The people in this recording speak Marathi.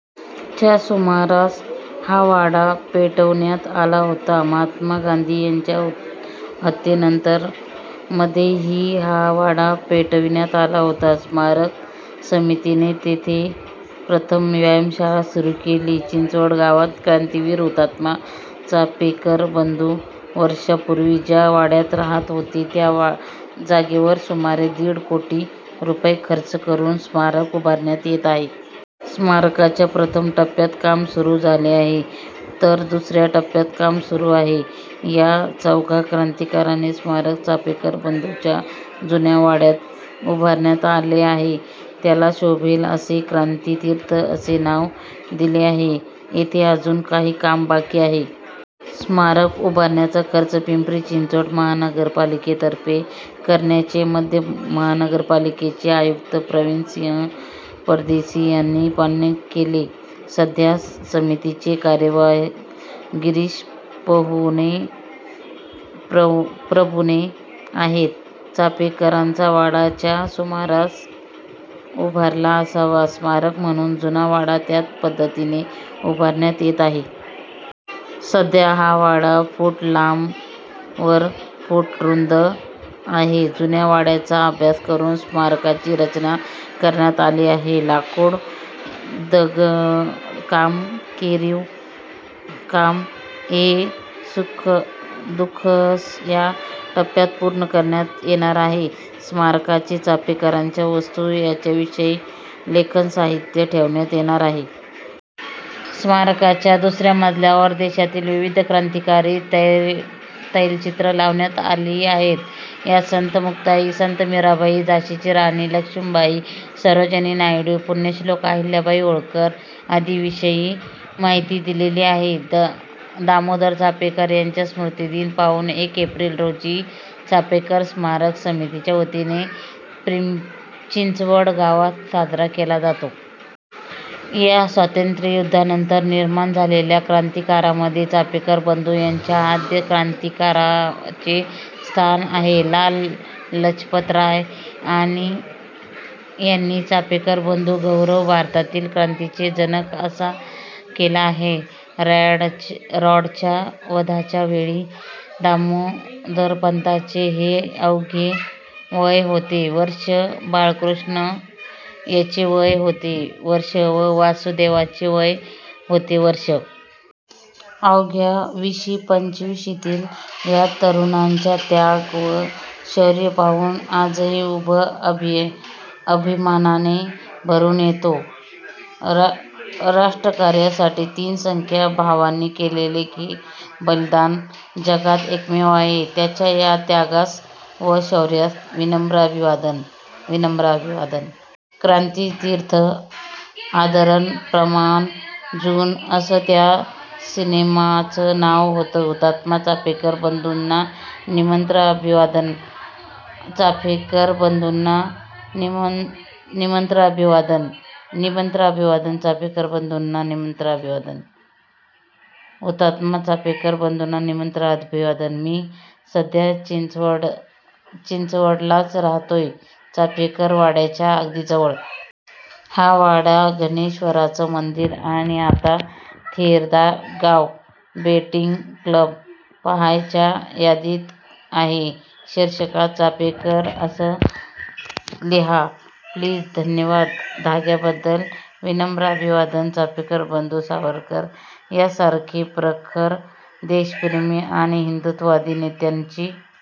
च्या सुमारास हा वाडा पेटवण्यात आला होता. महात्मा गांधी यांच्या हत्येनंतर मध्ये ही हा वाडा पेटविण्यात आला होता. स्मारक समितेने तेथे प्रथम व्यायामशाळा सुरू केली. चिंचवड गावात क्रांतिवीर हुतात्मा चापेकर बंधू वर्षांपूर्वी ज्या वाडय़ात राहात होते त्या जागेवर सुमारे दीड कोटी रुपये खर्च करून स्मारक उभारण्यात येत आहे. स्मारकाच्या प्रथम टप्प्याचे काम पूर्ण झाले आहे. तर दुस:या टप्प्याचे काम सुरू आहे. या चौघा क्रांतिकारकांचे स्मारक चापेकर बंधूंच्या जुन्या वाडय़ात उभारण्यात आले आहे. त्याला शोभेल असेच 'क्रांतितीर्थ' असे नाव दिले आहे. येथे अजून काही काम बाकी आहे. स्मारक उभारण्याचा खर्च पिंपरी-चिंचवड महापालिकेतर्फे करण्याचे मध्ये महापालिकेचे आयुक्त प्रवीणसिंह परदेशी यांनी मान्य केले. सध्या समितीचे कार्यवाह गिरीश प्रभुणे आहेत. चापेकरांचा वाडा च्या सुमारास उभारला असावा. स्मारक म्हणून जुना वाडा त्याच पद्धतीने उभारण्यात येत आहे. सध्या हा वाडा फूट लांब व फूट रूंद आहे. जुन्या वाड्यांचा अभ्यास करून स्मारकाची रचना करण्यात आली आहे. लाकूड, दगडकाम, कोरीव काम हे दुस:या टप्प्यात पूर्ण करण्यात येणार आहे. स्मारकामध्ये चापेकरांच्या वस्तू, त्यांच्याविषयी लेखन साहित्य ठेवण्यात येणार आहे. स्मारकाच्या दुस:या मजल्यावर देशातील विविध क्रांतिकारकांची तैलचित्रे लावण्यात आली आहेत. यात संत मुक्ताई, संत मीराबाई, झाशीची राणी लक्ष्मीबाई, सरोजनी नायडू, पुण्शोल्क अहल्याबाई होळकर आदीं विषयी माहिती दिलेली आहे. दामोदर चापेकर यांचा स्मृतिदिन पासून दर एप्रिल रोजी चापेकर स्मारक समितीच्या वतीने चिंचवड गावात साजरा केला जातो. च्या स्वातंत्र्ययुध्दानंतर निर्माण झालेल्या क्रतिकारकांमधे चापेकर बंधु यांना आद्य क्रांतीकारकांचे स्थान आहे. लाला लजपत राय यांनी चापेकर बंधूंचे 'गौरव भारतातील क्रांतीचे जनक' असा केला आहे. रँडच्या वधाच्या वेळी दामोदरपंतांचे हे अवघे वय होते वर्षे, बाळकृष्ण यांचे वय होते वर्षे व वासुदेवरावांचे वय होते वर्षे. अवघ्या विशी-पंचवीशीतील या तरु णांचा त्याग व शौर्य पाहून आजही उर अभिमानाने भरून येतो! राष्ट्रकार्यासाठी तीन सख्या भावांनी केलेले हे बलिदान जगात एकमेव आहे! त्यांच्या या त्यागास व शौर्यास विनम्र अभिवादन. विनम्र अभिवादन. क्रांतितीर्थ: सआदर प्रणाम" जून " असं त्या सिनेमाचं नाव होतं. हुतात्मा चापेकर बंधुना विनम्र अभिवादन! ाफेकरबंधूंना विनम्र अभिवादन! -विनम्र अभिवादन! चाफेकरबंधूंना विनम्र अभिवादन! विनम्र अभिवादनविनम्र अभिवादन! हुतात्मा चापेकर बंधुना विनम्र अभिवादन! मी सध्या चिंचवडलाच राहतोय, चापेकर वाड्याच्या अगदी जवळ. हा वाडा, धनेश्वराचं मंदिर आणि आत्ता थेरगाव बोटिंग क्लब पाहायच्या यादीत आहे. शीर्षकात ''चाफेकर'' असं लिहा प्लीज. धन्यवाद धाग्याबद्दल. विनम्र अभिवादन! चाफेकर बंधु, सावरकर, यासारखे प्रखर देशप्रेमी आणी हिंदुत्ववादी नेत्यांची